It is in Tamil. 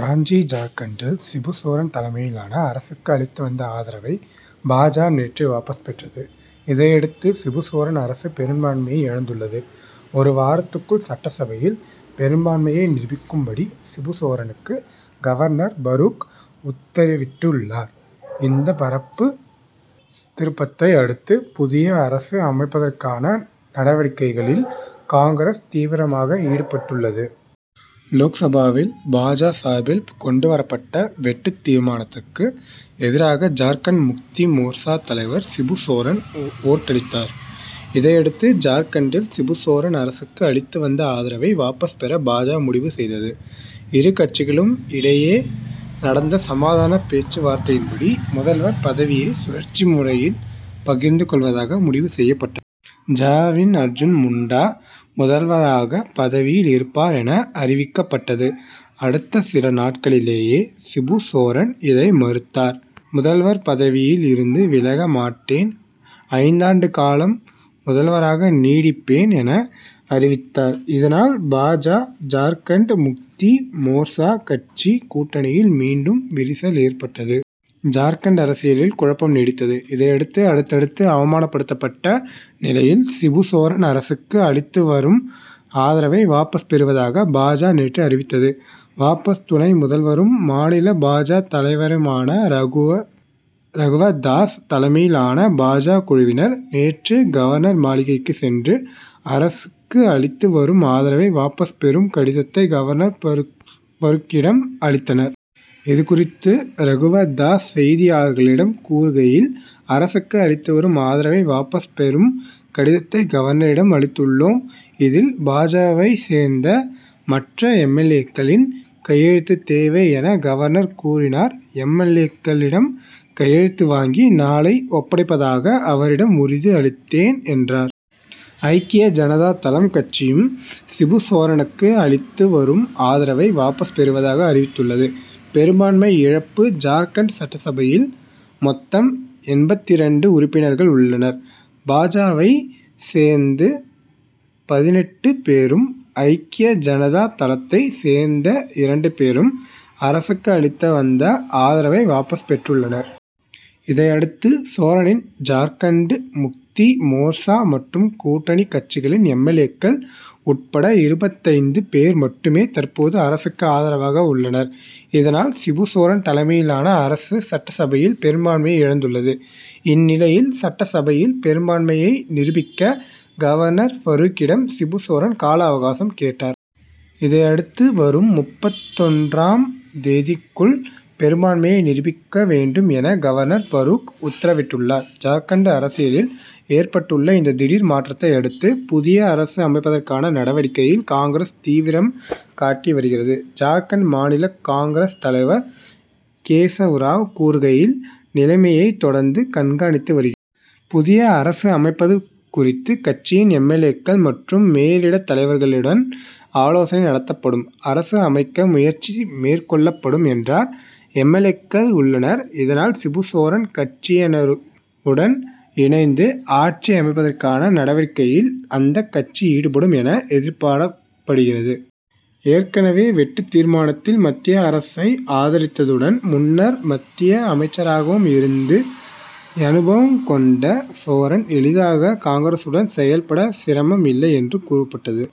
ராஞ்சி ஜார்க்கண்டில் சிபு சோரன் தலைமையிலான அரசுக்கு அளித்து வந்த ஆதரவை, பா. ஜ. நேற்று வாபஸ் பெற்றது. இதையடுத்து, சிபு சோரன் அரசு பெரும் பான்மையை இழந்துள்ளது. ஒரு வாரத்துக்குள் சட்டசபையில் பெரும்பான்மையை நிரூபிக்கும்படி சிபு சோரனுக்கு, கவர்னர் பரூக் உத்தரவிட்டுள்ளார். இந்த பரபரப்பு திருப்பத்தை அடுத்து, புதிய அரசு அமைப்பதற்கான நடவடிக்கைகளில் காங்கிரஸ் தீவிரமாக ஈடுபட்டுள்ளது. லோக்சபாவில் பா. ஜ. சார்பில் கொண்டு வரப்பட்ட வெட்டுத் தீர்மானத்துக்கு எதிராக ஜார்க்கண்ட் முக்தி மோர்ச்சா தலைவர் சிபு சோரன் ஓட்டளித்தார். இதையடுத்து, ஜார்க் கண்ட்டில் சிபு சோரன் அரசுக்கு அளித்து வந்த ஆதரவை வாபஸ் பெற, பா. ஜ. முடிவு செய்தது. இரு கட்சிகளுக்கும் இடையே நடந்த சமாதான பேச்சு வார்த்தையின்படி, முதல்வர் பதவியை சுழற்சி முறையில் பகிர்ந்து கொள்வதாக முடிவு செய்யப்பட்டது. ஜ.வின் அர்ஜுன் முண்டா முதல்வராக பதவியில் இருப்பார் என அறிவிக்கப் பட்டது. அடுத்த சில நாட்களிலேயே சிபு சோரன் இதை மறுத்தார். முதல்வர் பதவியில் இருந்து விலக மாட்டேன் ஐந்தாண்டு காலம் முதல்வராக நீடிப்பேன் என, அறிவித்தார். இதனால், பா. ஜ., ஜார்க்கண்ட் முக்தி மோர்ச்சா கட்சி கூட்டணியில் மீண்டும் விரிசல் ஏற்பட்டது. ஜார்க்கண்ட் அரசியலில் குழப்பம் நீடித்தது. இதையடுத்து, அடுத்தடுத்து அவமானப்படுத்தப்பட்ட நிலையில், சிபு சோரன் அரசுக்கு அளித்து வரும் ஆதரவை வாபஸ் பெறுவதாக பா. ஜ., நேற்று அறிவித்தது. வாபஸ் துணை முதல்வரும், மாநில பா. ஜ. தலைவருமான ரகுவர் தாஸ் தலைமையிலான பா. ஜ. குழுவினர், நேற்று கவர்னர் மாளிகைக்கு சென்று, அரசுக்கு அளித்து வரும் ஆதரவை வாபஸ் பெறும் கடிதத்தை, கவர்னர் பரூக்கிடம் அளித்தனர். இதுகுறித்து ரகுவர் தாஸ் செய்தியாளர்களிடம் கூறுகையில், அரசுக்கு அளித்து வரும் ஆதரவை வாபஸ் பெறும் கடிதத்தை கவர்னரிடம் அளித்துள் ளோம். இதில், பா. ஜ.வைச் சேர்ந்த மற்ற எம். எல். ஏ.,க்களின் கையெழுத்து தேவை என, கவர்னர் கூறினார். எம். எல். ஏ.க்களிடம் கையெழுத்து வாங்கி, நாளை ஒப்படைப்பதாக அவரிடம் உறுதி அளித்தேன் என்றார். ஐக்கிய ஜனதா தளம் கட்சியும், சிபு சோரனுக்கு அளித்து வரும் ஆதரவை வாபஸ் பெறுவதாக அறிவித்துள்ளது. பெரும்பான்மை இழப்பு ஜார்க்கண்ட் சட்டசபையில் மொத்தம் எண்பத்திரண்டு உறுப்பினர்கள் உள்ளனர். பா. ஜ.வைச் சேர்ந்த பதினெட்டு பேரும், ஐக்கிய ஜனதா தளத்தைச் சேர்ந்த இரண்டு பேரும், அரசுக்கு அளித்து வந்த ஆதரவை வாபஸ் பெற்றுள்ளனர். இதையடுத்து, சோரனின் ஜார்க்கண்ட் முக்தி மோர்ச்சா மற்றும் கூட்டணி கட்சிகளின் எம். எல். ஏ.,க்கள் உட்பட இருபத்தைந்து பேர் மட்டுமே தற்போது அரசுக்கு ஆதரவாக உள்ளனர். இதனால் சிபு சோரன் தலைமையிலான அரசு, சட்டசபையில் பெரும்பான்மையை இழந்துள்ளது. இந்நிலையில், சட்டசபையில் பெரும்பான்மையை நிரூபிக்க கவர்னர் பரூக்கிடம், சிபு சோரன் கால அவகாசம் கேட்டார். இதையடுத்து, வரும் முப்பத்தொன்றும் தேதிக்குள் பெரும்பான்மையை நிரூபிக்க வேண்டும் என, கவர்னர் பரூக் உத்தரவிட்டுள்ளார். ஜார்க்கண்ட் அரசியலில் ஏற்பட்டுள்ள இந்த திடீர் மாற்றத்தை அடுத்து, புதிய அரசு அமைப்பதற்கான நடவடிக்கைகளில் காங்கிரஸ் தீவிரம் காட்டி வருகிறது. ஜார்க்கண்ட் மாநில காங். தலைவர் கேசவ் ராவ் கூறுகையில், நிலைமையை தொடர்ந்து கண்காணித்து வருகிறோம். புதிய அரசு அமைப்பது குறித்து கட்சியின் எம். எல். ஏ.,க்கள் மற்றும் மேலிடத் தலைவர்களுடன் ஆலோசனை நடத்தப்படும். அரசு அமைக்க முயற்சி மேற்கொள்ளப்படும்' என்றார். எல். ஏ.க்கள் உள்ளனர். இதனால் சிபு சோரன் கட்சியினருடன் இணைந்து ஆட்சி அமைப்பதற்கான நடவடிக்கையில் அந்த கட்சி ஈடுபடும் என, எதிர்பார்க்கப்படுகிறது. ஏற்கனவே வெட்டுத் தீர்மானத்தில் மத்திய அரசை ஆதரித்ததுடன், முன்னர் மத்திய அமைச்சராகவும் இருந்த அனுபவம் கொண்ட சோரன் எளிதாக காங்கிரசுடன் செயல்பட சிரமம் இல்லை என்று கூறப்பட்டது.